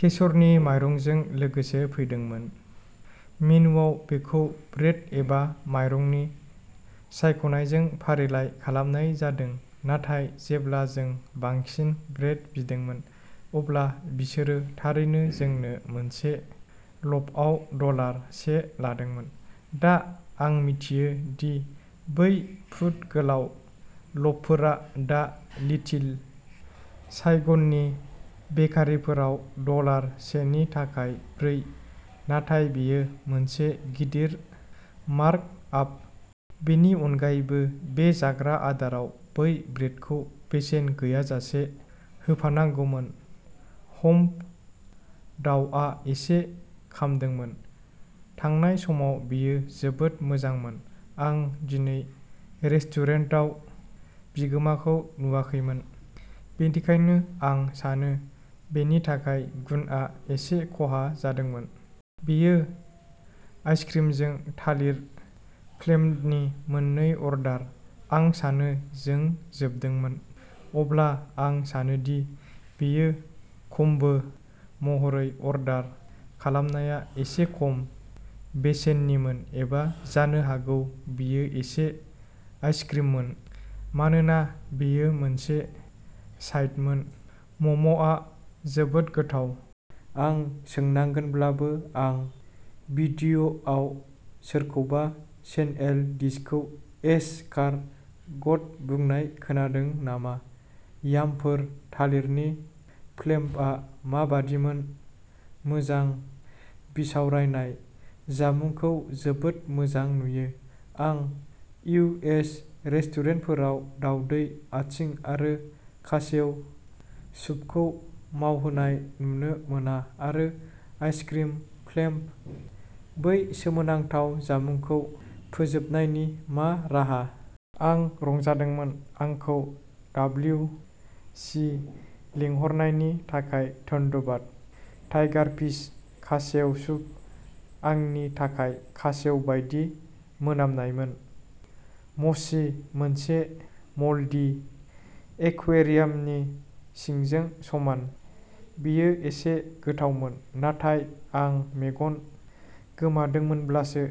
केसरनि माइरंजों लोगोसे फैदोंमोन। मेनुवाव बेखौ ब्रेड एबा माइरंनि सायख'नायजों फारिलाइ खालामनाय जादों। नाथाय जेब्ला जों बांसिन ब्रेड बिदोंमोन, अब्ला बिसोरो थारैनो जोंनो मोनसे ल'फआव डलार से लादोंमोन। दा, आं मिथियो दि बै फुट गोलाव ल'फफोरा दा लिटिल साइगननि बेकारिफोराव डलार सेनि थाखाय ब्रै, नाथाय बेयो मोनसे गिदिर मार्कआप। बेनि अनगायैबो, बे जाग्रा आदाराव बै ब्रेडखौ बेसेन गैयाजासे होफानांगौमोन। हम्फ! दावआ एसे खामदोंमोन। थांनाय समाव बेयो जोबोद मोजांमोन। आं दिनै रेस्टुरेन्टाव बिगोमाखौ नुवाखैमोन, बेनिखायनो आं सानो बेनि थाखाय गुनआ एसे खहा जादोंमोन। बेयो आइसक्रिमजों थालिर फ्लेम्बनि मोननै अर्डार। आं सानो जों जोबदोंमोन। अब्ला आं सानो दि बेयो कम्बो महरै अर्डार खालामनाया एसे खम बेसेननिमोन एबा जानो हागौ बेयो एसे आइसक्रिममोन मानोना बेयो मोनसे साइडमोन? म्ममआ जोबोद गोथाव! आं सोंनांगोनब्लाबो आं भिडिअ'आव सोरखौबा स्नेइल डिशखौ एस कार ग'ट बुंनाय खोनादों नामा? यामफोर थालिरनि फ्लेम्बआ माबायदिमोन? मोजां बिसावरायनाय! जामुंखौ जोबोद मोजां नुयो! आं इउ एस रेस्टुरेन्टफोराव दावदै आथिं आरो खासेव सुपखौ मावहोनाय नुनो मोना आरो आइसक्रिम फ्लेम्ब, बै सोमोनांथाव जामुंखौ फोजोबनायनि मा राहा! आं रंजादोंमोन! आंखौ डाब्लिउ सि लिंहरनायनि थाखाय धन्यबाद। टाइगारफिश, खासेव सुप, आंनि थाखाय, खासेव बायदि मोनामनायमोन। मसि, मोनसे मल्डि एक्वेरियामनि सिंजों समान। बेयो एसे गोथावमोन, नाथाय आं मेगन गोमादोंमोनब्लासो।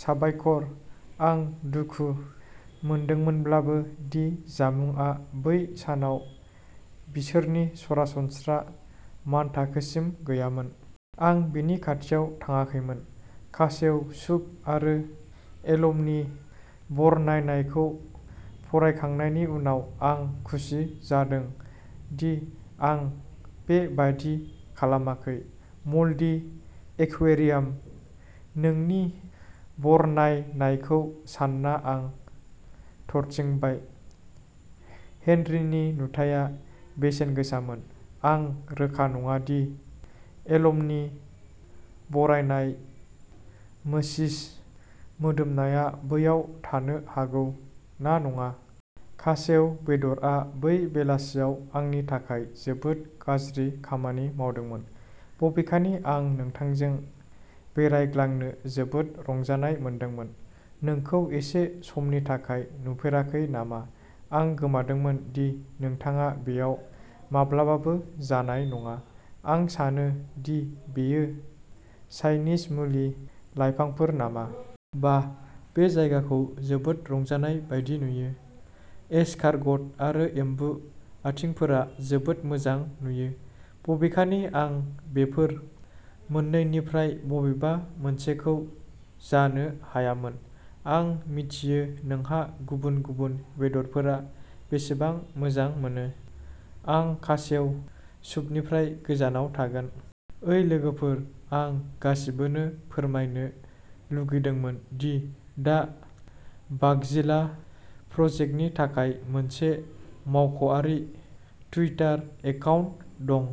साबायखर। आं दुखु मोनदोंमोनब्लाबो दि जामुंआ बै सानाव बिसोरनि सरासनस्रा मानथाखोसिम गैयामोन। आं बिनि खाथियाव थाङाखैमोन। खासेव सुप आरो एलम'नि बरनायनायखौ फरायखांनायनि उनाव, आं खुसि जादों दि आं बे बायदि खालामाखै। मल्डी एक्वेरियाम? नोंनि बरनायनायखौ सानना आं थरथिंबाय। हेनरिनि नुथाया बेसेनगोसामोन। आं रोखा नङा दि एलम'नि बरनायनाय मोसिस मोदोमनाया बैयाव थानो हागौ ना नङा। खासेव बेदरआ बै बेलासियाव आंनि थाखाय जोबोद गाज्रि खामानि मावदोंमोन। बबेखानि, आं नोंथांजों बेरायग्लांनो जोबोद रंजानाय मोनदोंमोन। नोंखौ एसे समनि थाखाय नुफेराखै नामा। आं गोमोदों दि नोंथाङा बेयाव माब्लाबाबो जानाय नङा। आं सानो दि बेयो चाइनिज मुलि लाइफांफोर नामा? बाह, बे जायगाखौ जोबोद रंजानाय बायदि नुयो! एसकारगट आरो एम्बु आथिंफोरा जोबोद मोजां नुयो, बबेखानि आं बेफोर मोननैनिफ्राय बबेबा मोनसेखौ जानो हायामोन। आं मिथियो नोंहा गुबुन गुबुन बेदरफोरा बेसेबां मोजां मोनो। आं खासेव सुपनिफ्राय गोजानाव थागोन। ओइ लोगोफोर! आं गासिबोनो फोरमायनो लुगैदोंमोन दि दा बागजिला प्रजेक्टनि थाखाय मोनसे मावख'आरि टुइटार एकाउन्ट दं।